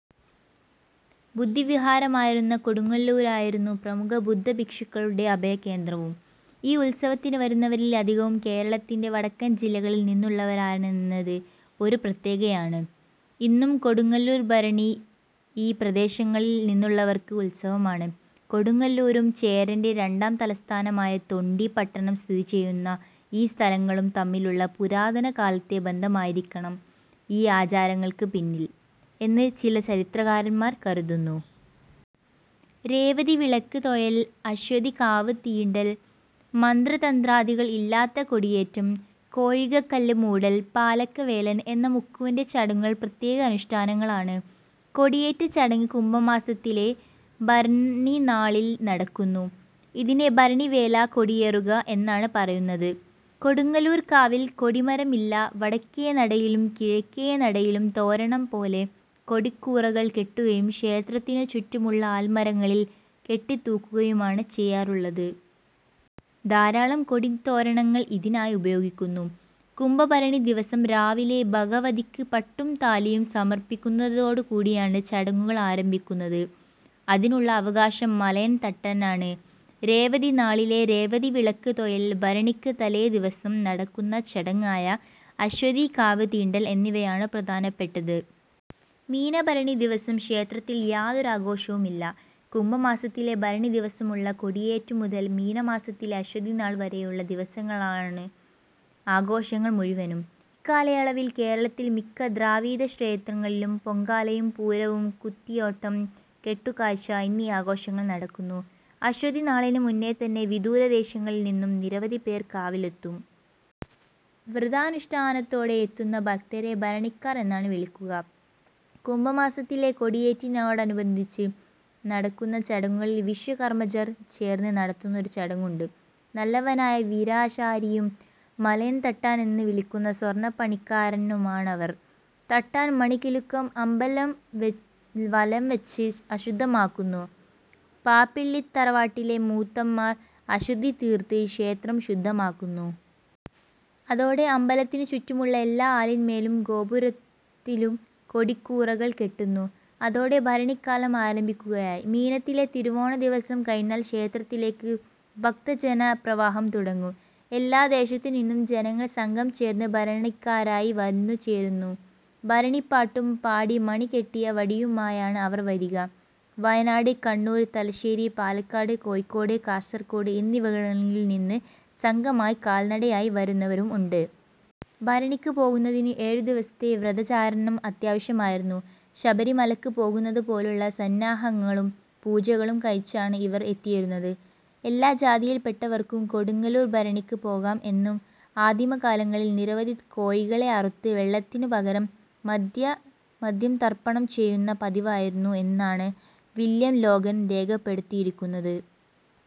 ബുദ്ധവിഹാരമായിരുന്ന കൊടുങ്ങല്ലൂരായിരുന്നു പ്രമുഖ ബുദ്ധഭിക്ഷുക്കളുടെ അഭയകേന്ദ്രവും. ഈ ഉത്സവത്തിനു വരുന്നവരിൽ അധികവും കേരളത്തിന്റെ വടക്കൻ ജില്ലകളിൽ നിന്നുള്ളവരാണെന്നത് ഒരു പ്രത്യേകതയാണ്. ഇന്നും കൊടുങ്ങല്ലൂർ ഭരണി ഈ പ്രദേശങ്ങളിൽ നിന്നുള്ളവർക്ക് ഉത്സവമാണ്. കൊടുങ്ങല്ലൂരും ചേരന്റെ രണ്ടാം തലസ്ഥാനമായ തൊണ്ടി പട്ടണം സ്ഥിതി ചെയ്യുന്ന ഈ സ്ഥലങ്ങളും തമ്മിലുള്ള പുരാതന കാലത്തെ ബന്ധമായിരിക്കണം ഈ ആചാരങ്ങൾക്ക് പിന്നിൽ എന്ന് ചില ചരിത്രകാരന്മാർ കരുതുന്നു. രേവതി വിളക്ക് തൊഴൽ, അശ്വതി കാവ് തീണ്ടൽ, മന്ത്രതന്ത്രാദികൾ ഇല്ലാത്ത കൊടിയേറ്റം, കോഴികല്ല് മൂടല്, പാലക്കവേലൻ എന്ന മുക്കുവന്റെ ചടങ്ങുകൾ പ്രത്യേക അനുഷ്ഠാനങ്ങളാണ്. കൊടിയേറ്റ് ചടങ്ങ് കുംഭമാസത്തിലെ ഭരണിനാളിൽ നടക്കുന്നു. ഇതിനെ ഭരണിവേല കൊടിയേറുക എന്നാണ് പറയുന്നത്. കൊടുങ്ങല്ലൂർ കാവിൽ കൊടിമരമില്ല. വടക്കേനടയിലും കിഴക്കേനടയിലും തോരണം പോലെ കൊടിക്കൂറകൾ കെട്ടുകയും ക്ഷേത്രത്തിനു ചുറ്റുമുള്ള ആൽമരങ്ങളിൽ കെട്ടിത്തൂക്കുകയുമാണ് ചെയ്യാറുള്ളത്. ധാരാളം കൊടിതോരണങ്ങൾ ഇതിനായി ഉപയോഗിക്കുന്നു. കുംഭ ഭരണി ദിവസം രാവിലെ ഭഗവതിക്ക് പട്ടും താലിയും സമർപ്പിക്കുന്നതോടുകൂടിയാണ് ചടങ്ങുകൾ ആരംഭിക്കുന്നത്. അതിനുള്ള അവകാശം മലയൻ തട്ടാനാണ്. രേവതി നാളിലെ "രേവതി വിളക്ക് തൊഴൽ", ഭരണിക്ക് തലേ ദിവസം നടക്കുന്ന ചടങ്ങായ അശ്വതീ കാവു തീണ്ടൽ എന്നിവയാണ് പ്രധാനപ്പെട്ടത്. മീനഭരണി ദിവസം ക്ഷേത്രത്തിൽ യാതൊരാഘോഷവുമില്ല. കുംഭമാസത്തിലെ ഭരണിദിവസമുള്ള കൊടിയേറ്റുമുതൽ മീനമാസത്തിലെ അശ്വതിനാൾ വരെയുള്ള ദിവസങ്ങളാൺ ആഘോഷങ്ങൾ മുഴുവനും. ഇക്കാലയളവിൽ കേരളത്തിലെ മിക്ക ദ്രാവിഡ ക്ഷേത്രങ്ങളിലും പൊങ്കാലയും, പൂരവും, കുത്തിയോട്ടം, കെട്ടുകാഴ്ച എന്നീ ആഘോഷങ്ങൾ നടക്കുന്നു. അശ്വതിനാളിനു മുന്നേ തന്നെ വിദൂരദേശങ്ങളിൽ നിന്നും നിരവധി പേർ കാവിലെത്തും. വ്രതാനുഷ്ടാനത്തോടെ എത്തുന്ന ഭക്തരെ ഭരണിക്കാർ എന്നാണ് വിളിക്കുക. കുംഭമാസത്തിലെ കൊടിയേറ്റിനോടനുബന്ധിച്ച് നടക്കുന്ന ചടങ്ങുകളിൽ വിശ്വകർമ്മജർ ചേർന്ന് നടത്തുന്ന ഒരു ചടങ്ങുണ്ട്. നല്ലവനായ വീരാശാരിയും മലയൻ തട്ടാൻ എന്നു വിളിക്കുന്ന സ്വര്ണപ്പണിക്കാരനുമാണവർ. തട്ടാൻ മണികിലുക്കി അമ്പലം വലം വെച്ച് അശുദ്ധമാക്കുന്നു. പ്ലാപ്പിള്ളിത്തറവാട്ടിലെ മൂത്തന്മാർ അശുദ്ധിതീർത്ത് ക്ഷേത്രം ശുദ്ധമാക്കുന്നു. അതോടെ അമ്പലത്തിനു ചുറ്റുമുള്ള എല്ലാ ആലിന്മേലും ഗോപുരത്തിലും കൊടിക്കൂറകൾ കെട്ടുന്നു. അതോടെ ഭരണിക്കാലം ആരംഭിക്കുകയായി. മീനത്തിലെ തിരുവോണദിവസം കഴിഞ്ഞാൽ ക്ഷേത്രത്തിലേക്ക് ഭക്തജനപ്രവാഹം തുടങ്ങും. എല്ലാദേശത്തു നിന്നും ജനങ്ങൾ സംഘം ചേർന്ന് ഭരണിക്കാരായി വന്നു ചേരുന്നു. ഭരണിപ്പാട്ടും പാടി മണികെട്ടിയ വടിയുമായാണ് അവർ വരിക. വയനാട്, കണ്ണൂർ, തലശ്ശേരി, പാലക്കാട്, കോഴിക്കോട്, കാസർകോട് എന്നിവടങ്ങളിൽ നിന്ന് സംഘമായി കാൽനടയായി വരുന്നവരും ഉണ്ട്. ഭരണിക്ക് പോകുന്നതിനു ഏഴുദിവസത്തെ വ്രതാചരണം അത്യാവശ്യമായിരുന്നു. ശബരിമലക്ക് പോകുന്നതു പോലുള്ള സന്നാഹങ്ങളും പൂജകളും കഴിച്ചാണ് ഇവർ എത്തിയിരുന്നത്. എല്ലാ ജാതിയില്പെട്ടവർക്കും കൊടുങ്ങലൂർ ഭരണിക്ക് പോകാം എന്നും ആദിമകാലങ്ങളിൽ നിരവധി കോഴികളെ അറുത്ത് വെള്ളത്തിനു പകരം മദ്യം തർപ്പണം ചെയ്യുന്ന പതിവായിരുന്നു എന്നാണ് വില്യം ലോഗൻ രേഖപ്പെടുത്തിയിരിക്കുന്നത്.